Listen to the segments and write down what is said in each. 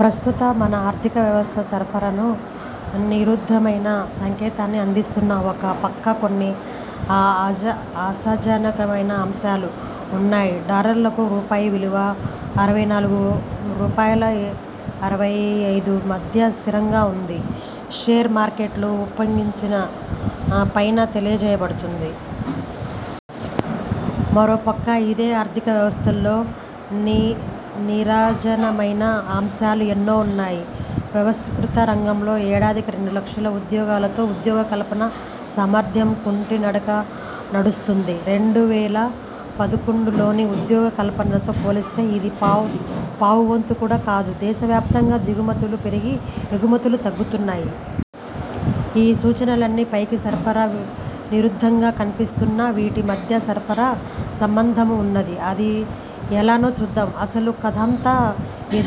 ప్రస్తుతం మన ఆర్థిక వ్యవస్థ పరస్పర విరుద్ధమైన సంకేతాల్ని అందిస్తున్నది. ఒక పక్క కొన్ని ఆశాజనక మైన అంశాలు ఉన్నాయి. డాలరుకు రూపాయి విలువ అరవై నాలుగు రూపాయల అరవై ఐదులమధ్య స్థిరంగా ఉంది. షేర్ మార్కెట్లు ఉప్పొంగి సెన్సెక్స్ ముప్పై రెండు వేల పాయింట్ల పైన తేలియాడుతోంది. మరో పక్క ఇదే ఆర్థిక వ్యవస్థలో నిరాశాజనకమైన అంశాలూ ఎన్నో ఉన్నాయి. వ్యవస్థీకృత రంగంలో ఏడాదికి రెండు లక్షల ఉద్యోగాలతో ఉద్యోగ కల్పనా సామర్థ్యం కుంటి నడక నడుస్తోంది. రెండు వేల పదకొండులోని ఉద్యోగ కల్పనతో పోలిస్తే ఇది పావు వంతు కూడా కాదు. దేశవ్యాప్తంగా దిగుమతులు పెరిగి, ఎగుమతులు తగ్గాయి. ఈ సూచనలన్నీ పైకి పరస్పర విరుద్ధంగా కనిపిస్తున్నా వీటి మధ్య పరస్పర సంబంధమూ ఉన్నది. అది ఎలానో చూద్దాం. అసలు కథంతా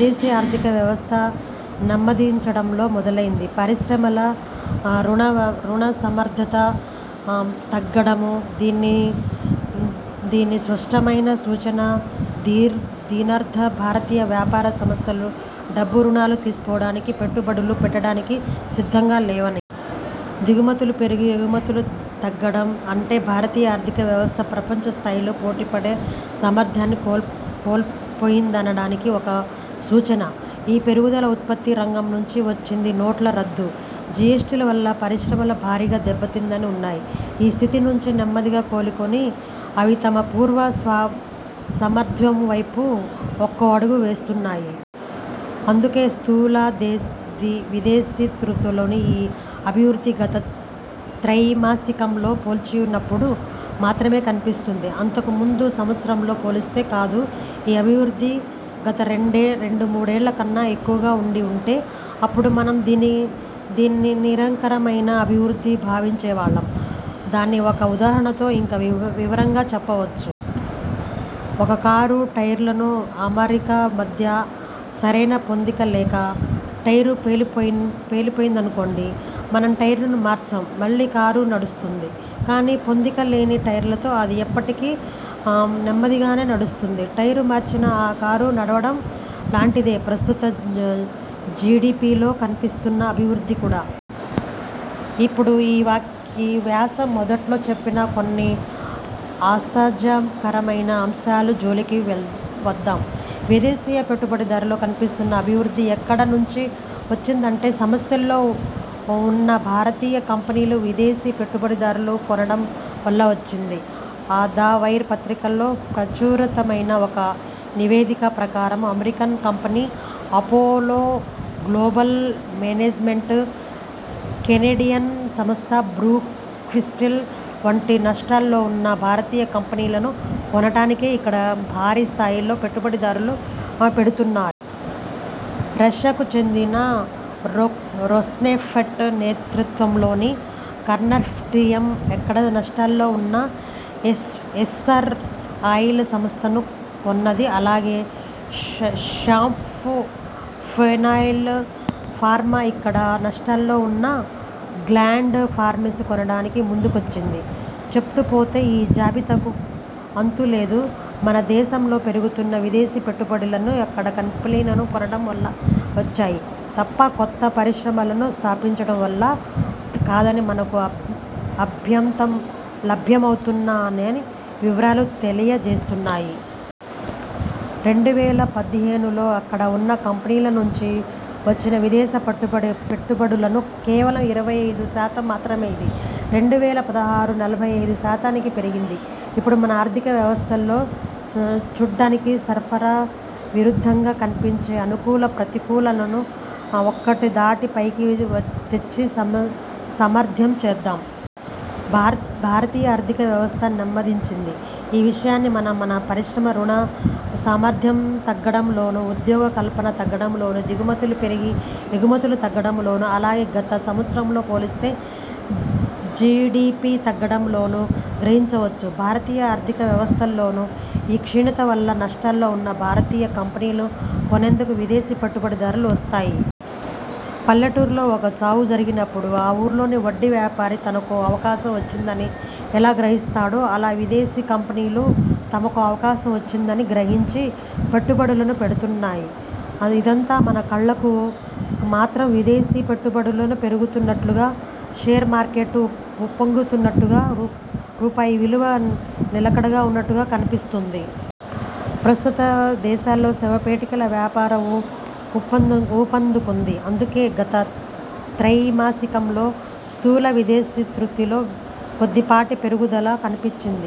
దేశీయ ఆర్థిక వ్యవస్థ నెమ్మదించడంతో మొదలైంది. పరిశ్రమల రుణ సామర్థ్యం తగ్గటం దీనికి స్పష్టమైన సూచన. దీనర్థం భారతీయ వ్యాపార సంస్థలు డబ్బు రుణంగా తీసుకోవటానికీ, పెట్టుబడులు పెట్టడానికీ సిద్ధంగా లేవని. దిగుమతులు పెరిగి, ఎగుమతులు తగ్గటం అంటే భారతీయ ఆర్థిక వ్యవస్థ ప్రపంచ స్థాయిలో పోటీపడే సామర్థ్యాన్ని కోల్పోయిందనటానికి కూడా ఒక సూచన. ఈ పెరుగుదల ఉత్పత్తి రంగం నుంచి వచ్చింది. నోట్ల రద్దు, జీఎస్టీల వల్ల పరిశ్రమలు భారీగా దెబ్బతిని వున్నాయి. ఆ స్థితి నుంచి నెమ్మదిగా కోలుకొని అవి తమ పూర్వ సామర్థ్యం వైపు ఒక్కో అడుగూ వేస్తున్నాయి. అందుకే స్థూల దేశీయోత్పత్తిలోని ఈ అభివృద్ధి గత త్రైమాసికంతో పోల్చినప్పుడు మాత్రమే కనిపిస్తున్నది, అంతకు ముందు సంవత్సరాలతో పోలిస్తే కాదు. ఈ అభివృద్ధి గత రెండు మూడేళ్ళ కన్నా ఎక్కువ వుండి వుంటే అప్పుడు మనం దీన్నినికరమైన అభివృద్ధిగా భావించేవాళ్ళం. దీన్ని ఒక ఉదాహరణతో ఇంకా వివరంగా చెప్పవచ్చు. ఒక కారు టైర్ల అమరిక మధ్య సరైన పొందిక లేక ఒక టైరు పేలిపోయిందనుకోండి. మనం టైరుని మార్చాం, మళ్ళీ కారు నడుస్తుంది, కానీ పొందిక లేని టైర్లతో అది ఇప్పటికీ నెమ్మదిగానే నడుస్తోంది. టైరు మార్చిన ఆ కారు నడవటం లాంటిదే ప్రస్తుత జీడిపీలో కనిపిస్తున్న అభివృద్ధి కూడా. ఇప్పుడు ఈ వ్యాసం మొదట్లో చెప్పిన కొన్ని ఆశాజనకమైన అంశాల జోలికి వద్దాం. విదేశీ పెట్టుబడులలో కనిపిస్తున్న అభివృద్ధి ఎక్కడ నుంచి వచ్చిందంటే సమస్యల్లో ఉన్న భారతీయ కంపెనీలను విదేశీ పెట్టుబడిదారులు కొనటం వల్ల వచ్చింది. 'ద వైర్' పత్రికలో ప్రచురితమైన ఒక నివేదిక ప్రకారం American company Apollo Global Management, Canadian సంస్థ బ్రూక్ఫీల్డ్ వంటివి నష్టాల్లోవున్న భారతీయ కంపెనీలను కొనటానికే ఇక్కడ భారీ స్థాయిలో పెట్టుబడులు పెడుతున్నాయి. రష్యాకు చెందిన రోస్నెఫ్ట్ నేతృత్వంలోని కన్సార్టియమ్ ఇక్కడ నష్టాల్లో ఉన్న ఎస్సార్ ఆయిల్ సంస్థను కొన్నది. అలాగే షాంఘై ఫోసన్ ఫార్మా ఇక్కడ నష్టాల్లో వున్న గ్లాండ్ ఫార్మాని కొనటానికి ముందుకు వచ్చింది. చెప్తూ పోతే ఈ జాబితాకు అంతు లేదు. మన దేశంలో పెరుగుతున్న విదేశీ పెట్టుబడులన్నీ ఇక్కడ కంపెనీలను కొనటం వల్లనే వచ్చాయి తప్ప, కొత్త పరిశ్రమలను స్థాపించటం వల్ల కాదని మనకు లభ్యమవుతున్న అన్ని వివరాలూ తెలియ జేస్తున్నాయి. రెండు వేల పదిహేనులో ఇక్కడ ఉన్న కంపెనీల నుంచి వచ్చిన విదేశీ పెట్టుబడులు కేవలం ఇరవై ఐదు శాతం మాత్రమే. ఇది రెండు వేల పదహారుకు నలభై ఐదు శాతానికి పెరిగింది. ఇప్పుడు మన ఆర్థిక వ్యవస్థలో చూట్టానికి పరస్పర విరుద్ధంగా కనిపించే సానుకూల ప్రతికూలాంశాలను ఒక్కతాటి పైకి తెచ్చి సమన్వయం చేద్దాం. భారతీయ ఆర్థిక వ్యవస్థ నెమ్మదించింది. ఈ విషయాన్ని మనం మన పరిశ్రమల రుణ సామర్థ్యం తగ్గటంలోను, ఉద్యోగ కల్పన తగ్గటంలోను, దిగుమతులు పెరిగి ఎగుమతులు తగ్గటంలోను, అలాగే గత సంవత్సరాలతో పోలిస్తే జీడీపీ తగ్గటంలోను గ్రహించవచ్చు. భారతీయ ఆర్థిక వ్యవస్థలోని ఈ క్షీణత వల్ల నష్టాల్లో ఉన్న భారతీయ కంపెనీలను కొనేందుకు విదేశీ పెట్టుబడులు వస్తున్నాయి. పల్లెటూరిలో ఒక చావు జరిగినప్పుడు ఆ ఊళ్లోని వడ్డీ వ్యాపారి తనకో అవకాశం వచ్చిందని ఎలా గ్రహిస్తాడో, అలా ఈ విదేశీ కంపెనీలు తమకో అవకాశం వచ్చిందని గ్రహించి పెట్టుబడులు పెడుతున్నాయి. ఇదంతా మన కళ్ళకు మాత్రం విదేశీ పెట్టుబడులు పెరుగుతున్నట్టూ, షేర్ మార్కెట్ ఉప్పొంగుతున్నట్టూ, రూపాయి విలువ నిలకడగా ఉన్నట్టూ కనిపిస్తోంది. ప్రస్తుతం దేశంలో శవపేటికల వ్యాపారం ఊపందుకున్నది, అందుకే గత త్రైమాసికంలో స్థూల దేశీయోత్పత్తిలో కొద్దిపాటి మెరుగుదల కనిపించింది.